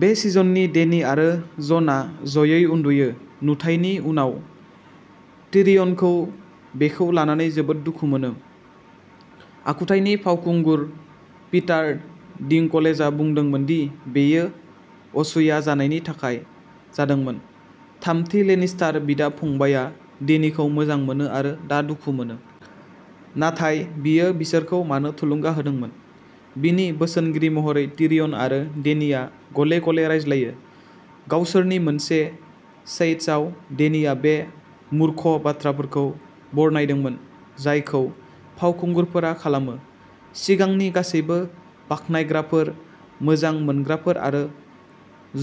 बे सिजननि, डेनी आरो जनआ ज'यै उन्दुयो। नुथायनि उनाव, टिरियनखौ बेखौ लानानै जोबोद दुखु मोनो। आखुथायनि फावखुंगुर, पिटार डिंकलेजआ बुंदोंमोन दि बेयो असूया जानायनि थाखाय जादोंमोनः थामथि लेनिस्टार बिदा-फंबायआ डेनीखौ मोजां मोनो आरो दा दुखु मोनो। नाथाय, बियो बिसोरखौ मानो थुलुंगा होदोंमोन? बिनि बोसोनगिरि महरै, टिरियन आरो डेनीआ गले-गले रायज्लायो। गावसोरनि मोनसे चैट्सआव, डेनीआ बै मूर्ख बाथ्राफोरखौ बरनायदोंमोन, जायखौ फावखुंगुरफोरा खालामो, सिगांनि गासैबो बाख्नायग्राफोर, मोजां मोनग्राफोर आरो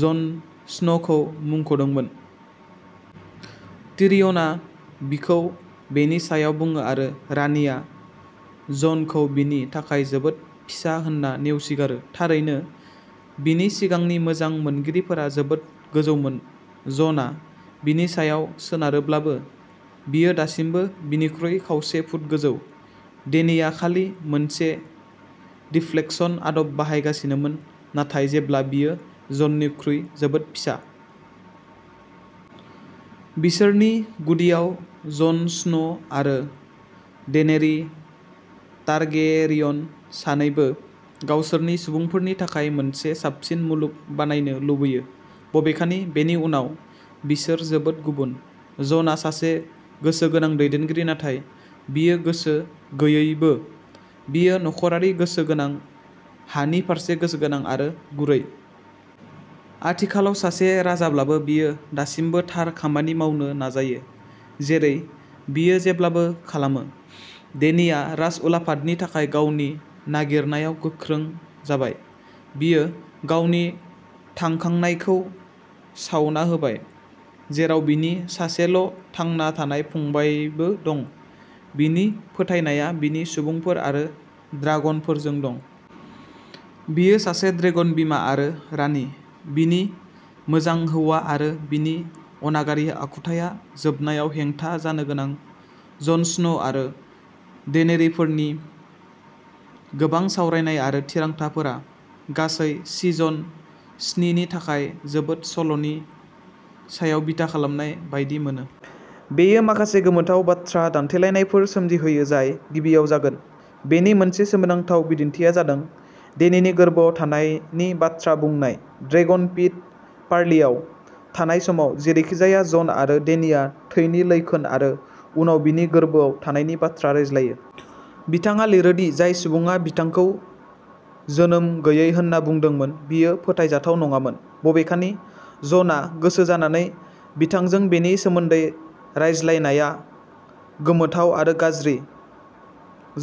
जन स्न'खौ मुंख'दोंमोन। टिरियनआ बिखौ बेनि सायाव बुङो आरो रानिआ ज'नखौ "बिनि थाखाय जोबोद फिसा" होन्ना नेवसिगारो। थारैनो, बिनि सिगांनि मोजां मोनगिरिफोरा जोबोद गोजौमोन। जनआ बिनि सायाव सोनारोब्लाबो, बियो दासिमबो बिनिख्रुइ खावसे फुट गोजौ। डेनीआ खालि मोनसे दिफ्लेक्शन आदब बाहायगासिनोमोन, नाथाय जेब्ला बियो जननिख्रुइ जोबोद फिसा। बिसोरनि गुदियाव, जन स्न' आरो डेनेरि टारगेरियन सानैबो गावसोरनि सुबुंफोरनि थाखाय मोनसे साबसिन मुलुग बानायनो लुबैयो। बबेखानि, बेनि उनाव, बिसोर जोबोद गुबुन। जनआ सासे गोसो गोनां दैदेनगिरि, नाथाय बियो गोसो गैयैबो। बियो नखरारि गोसो गोनां, हानि फारसे गोसो गोनां, आरो गुरै। आथिखालाव सासे राजाब्लाबो, बियो दासिमबो थार खामानि मावनो नाजायो, जेरै बियो जेब्लाबो खालामो। डेनिआ राजउलाफादनि थाखाय गावनि नागिरनायाव गोख्रों जाबाय। बियो गावनि थांखांनायखौ सावना होबाय, जेराव बिनि सासेल'थांना थानाय फंबायबो दं। बिनि फोथायनाया बिनि सुबुंफोर आरो ड्रागनफोरजों दं। बियो सासे ड्रेगन बिमा आरो रानि। बिनि मोजां हौवा आरो बिनि अनागारि आखुथाइया जोबनायाव हेंथा जानो गोनां। जन स्न' आरो डेनेरिफोरनि गोबां सावरायनाय आरो थिरांथाफोरा गासै सिजन स्नि नि थाखाय जोबोद सल'नि सायाव बिथा खालामनाय बायदि मोनो। बेयो माखासे गोमोथाव बाथ्रा दान्थेलायनायफोर सोमजिहोयो जाय गिबियाव जागोन। बेनि मोनसे सोमोनांथाव बिदिन्थिआ जादों डेनिनि गोर्बोआव थानायनि बाथ्रा बुंनाय। ड्रेगन पिट पार्लिआव थानाय समाव, जेरैखिजाया जन आरो डेनिआ थैनि लैखोन आरो उनाव बिनि गोर्बोआव थानायनि बाथ्रा रायज्लायो। बिथाङा लिरो दि जाय सुबुङा बिथांखौ जोनोम गैयै होनना बुंदोंमोन बियो फोथायजाथाव नङामोन। बबेखानि, ज'ना गोसोजानानै बिथांजों बेनि सोमोन्दै रायज्लायनायआ गोमोथाव आरो गाज्रि।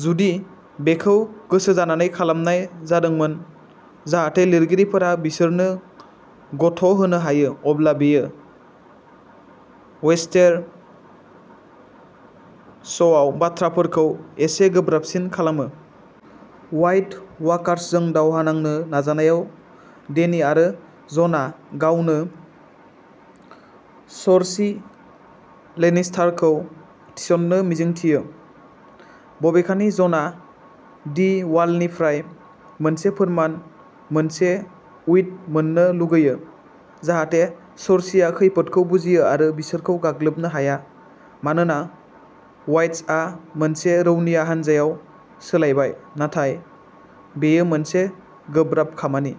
जुदि बेखौ गोसोजानानै खालामनाय जादोंमोन जाहाथे लिरगिरिफोरा बिसोरनो गथ'होनो हायो, अब्ला बेयो वेस्टेरस'आव बाथ्राफोरखौ एसे गोब्राबसिन खालामो। व्हाइट वाकार्सजों दावहा नांनो नाजानायाव, डेनी आरो ज'ना गावनो सर्सी लेनिस्टारखौ थिसननो मिजिंथियो। बबेखानि, ज'ना दि वालनिफ्राय मोनसे फोरमान, मोनसे उइट मोन्नो लुगैयो, जाहाथे सर्सीआ खैफोदखौ बुजियो आरो बिसोरखौ गाग्लोबनो हाया। मानोना वाइट्सआ मोनसे रौनिया हानजायाव सोलायबाय, नाथाय बेयो मोनसे गोब्राब खामानि।